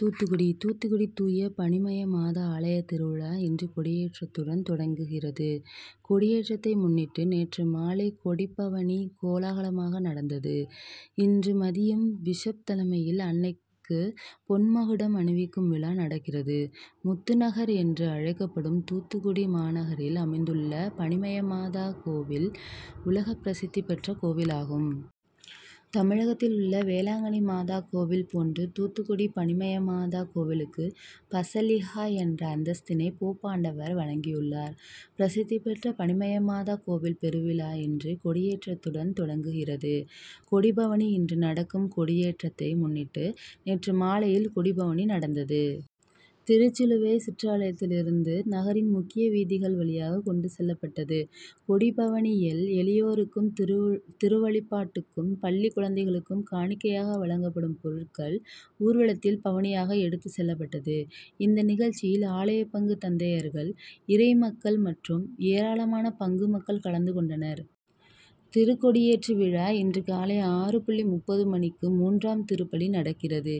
தூத்துக்குடி தூத்துக்குடி தூய பனிமய மாதா ஆலயத் திருவிழா இன்று கொடியேற்றத்துடன் தொடங்குகிறது. கொடியேற்றத்தை முன்னிட்டு நேற்று மாலை கொடிப்பவனி கோலாகலமாக நடந்தது. இன்று மதியம் பிஷப் தலைமையில் அன்னைக்கு பொன் மகுடம் அணிவிக்கும் விழா நடக்கிறது. முத்துநகர் என்று அழைக்கப்படும் தூத்துக்குடி மாநகரில் அமைந்துள்ள பனிமய மாதா கோ வில் உலகப் பிரசித்தி பெற் ற கோவிலாகும். தமிழகத்தில் உள்ள வேளாங்கன்னி மாதா கோவில் போன்று தூத்துக்குடி பனிமய மாதா கோவிலுக்கு பசிலிகா என்ற அந்தஸ்தினை போப் ஆண்டவர் வழங்கியுள்ளார். பிரசித்தி பெற்ற பனிமய மாதா கோவில் பெருவிழா இன்று கொடியேற்றத்துடன் தொடங்குகிறது. கொடிபவனி இன்று நடக்கும் கொடியேற்றத்தை முன்னிட்டு நேற்று மாலையில் கொடிப்பவனி நடந்தது. திருச்சிலுவை சிற்றாலயத்திலிருந் து நகரின் முக்கிய வீதிகள் வழியாக கொண்டு செல்லப்பட்டது. கொடிப்பவனியில் எளியோருக்கும், திருவழிப்பாட்டுக்கும், பள்ளிக் குழந்தைகளுக்கும் காணிக்கையாக வழங்கப்படும் பொருட்கள் ஊர்வலத்தில் பவனியாக எடுத்துச் செல்லப்பட்டது. இந்த நிகழ்ச்சியில் ஆலய பங்கு தந்தையர்கள், இறை மக்கள் மற்றும் ஏரா ளமான பங்குமக்கள் கல ந்து கொண்டனர். திருக்கொடியேற்று விழா இன்று காலை ஆறு புள்ளி முப்பது மணிக்கு மூன்றாம் திருப்பலி நடக்கிறது.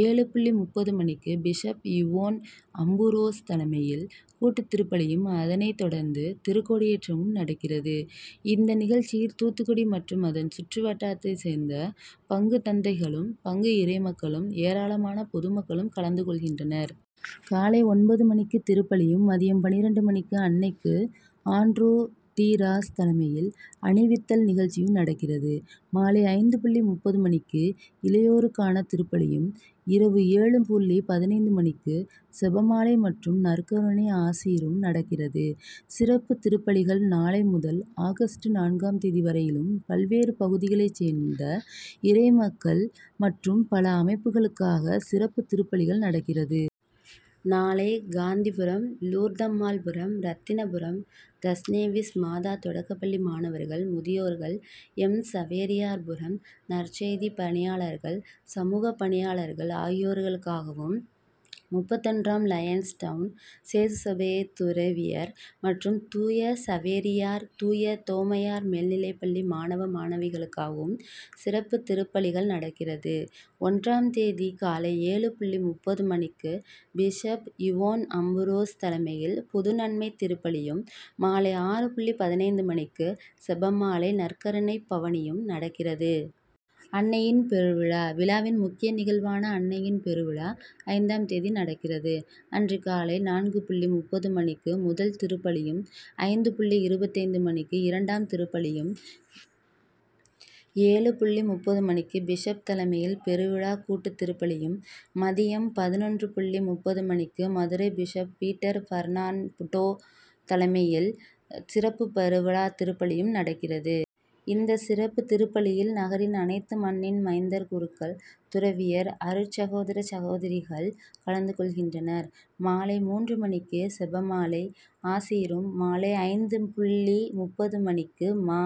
ஏழு புள்ளி முப்பது மணிக்கு பிஷப் இவோன் அம்புரோஸ் தலைமையில் கூட்டுத்திருப்பலியும் அதனை தொடர்ந்து திருக்கொடியேற்றமும் நடக்கிறது. இந்த நிகழ்ச்சியில் தூத்துக்குடி மற்றும் அதன் சுற்று வட்டாரத்தை சேர்ந்த பங்கு தந்தைகளும், பங்கு இறைமக்களும், ஏராளமான பொதுமக்களும் கல ந்து கொள்கின்றனர். காலை ஒன்பது மணிக்கு திருப்பலியும், மதியம் பன்னிரண்டு மணிக்கு அன்னைக்கு ஆண்ட்ரூ டி ராஸ் தலைமையில் அணிவித்தல் நிகழ்ச்சியும் நடக்கிறது. மாலை ஐந்து புள்ளி முப்பது மணிக்கு இளையோருக்கான திருப்பலியும், இரவு ஏழு புள்ளி பதினைந்து மணிக்கு செபமாலை மற்றும் நற்கருணை ஆசீரும் நடக்கிறது. சிறப்பு திருப்பலிகள் நாளை முதல் ஆகஸ்ட் நான்காம் தேதி வரையிலும் பல்வேறு பகுதிகளைச் சேர்ந்த இறைமக்கள் மற்றும் பல அமைப்புக்களுக்காக சிறப்பு திருப்பலிகள் நடக்கிறது. நாளை காந்திபுரம், லூர்தம்மாள்புரம், ரத்திரபுரம், தஸ்நேவிஸ்மாதா தொடக்க பள்ளி மாணவர்கள், முதியோர்கள், எம். சவேரியார்புரம், நற்செய்தி பணியாளர்கள், சமூகப் பணியாளர்கள் ஆகியோர்களுக்காகவும், முப்பத்தொன்றாம் லயன்ஸ் டவுன், சேசுசபை துறவியர் மற்றும் தூய சவேரியார், தூய தோமையார் மேல்நிலைப்பள்ளி மாணவ, மாணவிகளுக்காகவும் சிறப்பு திருப்பலிகள் நடக்கிறது. ஒன்றாம் தேதி காலை ஏழு புள்ளி முப்பது மணிக்கு பிஷப் இவோன் அம்புரோஸ் தலைமையில் புதுநன்மைத் திருப்பலியும், மாலை ஆறு புள்ளி பதினைந்து மணிக்கு செபமாலை, நற்கருணைப் பவனியும் நடக்கிறது. அன்னையின் பெருவிழா விழாவின் முக்கிய நிகழ்வான அன்னையின் பெருவிழா ஐந்தாம் தேதி நடக்கிறது. அன்று காலை நான்கு புள்ளி முப்பது மணிக்கு முதல் திருப்பலியும், ஐந்து புள்ளி இருபத்தைந்து மணிக்கு இரண்டாம் திருப்பலியும், ஏழு புள்ளி முப்பது மணிக்கு பிஷப் தலைமையில் பெருவிழா கூட்டுத் திருப்பலியும், மதியம் பதினொன்று புள்ளி முப்பது மணிக்கு Madurai bishop Peter Fernando தலைமையில் சிறப்பு பெருவிழா திருப்பலியும் நடக்கிறது. இந்த சிறப்பு திருப்பலியில் நகரின் அனைத்து மண்ணின் மைந்தர் குருக்கள், துறவியர், அருட்சகோதர, சகோதரிகள் கலந்து கொள்கின்றனர். மாலை மூன்று மணி க்கு செபமாலை, ஆசீரும், மாலை ஐந்து புள்ளி முப்பது மணிக்கு மா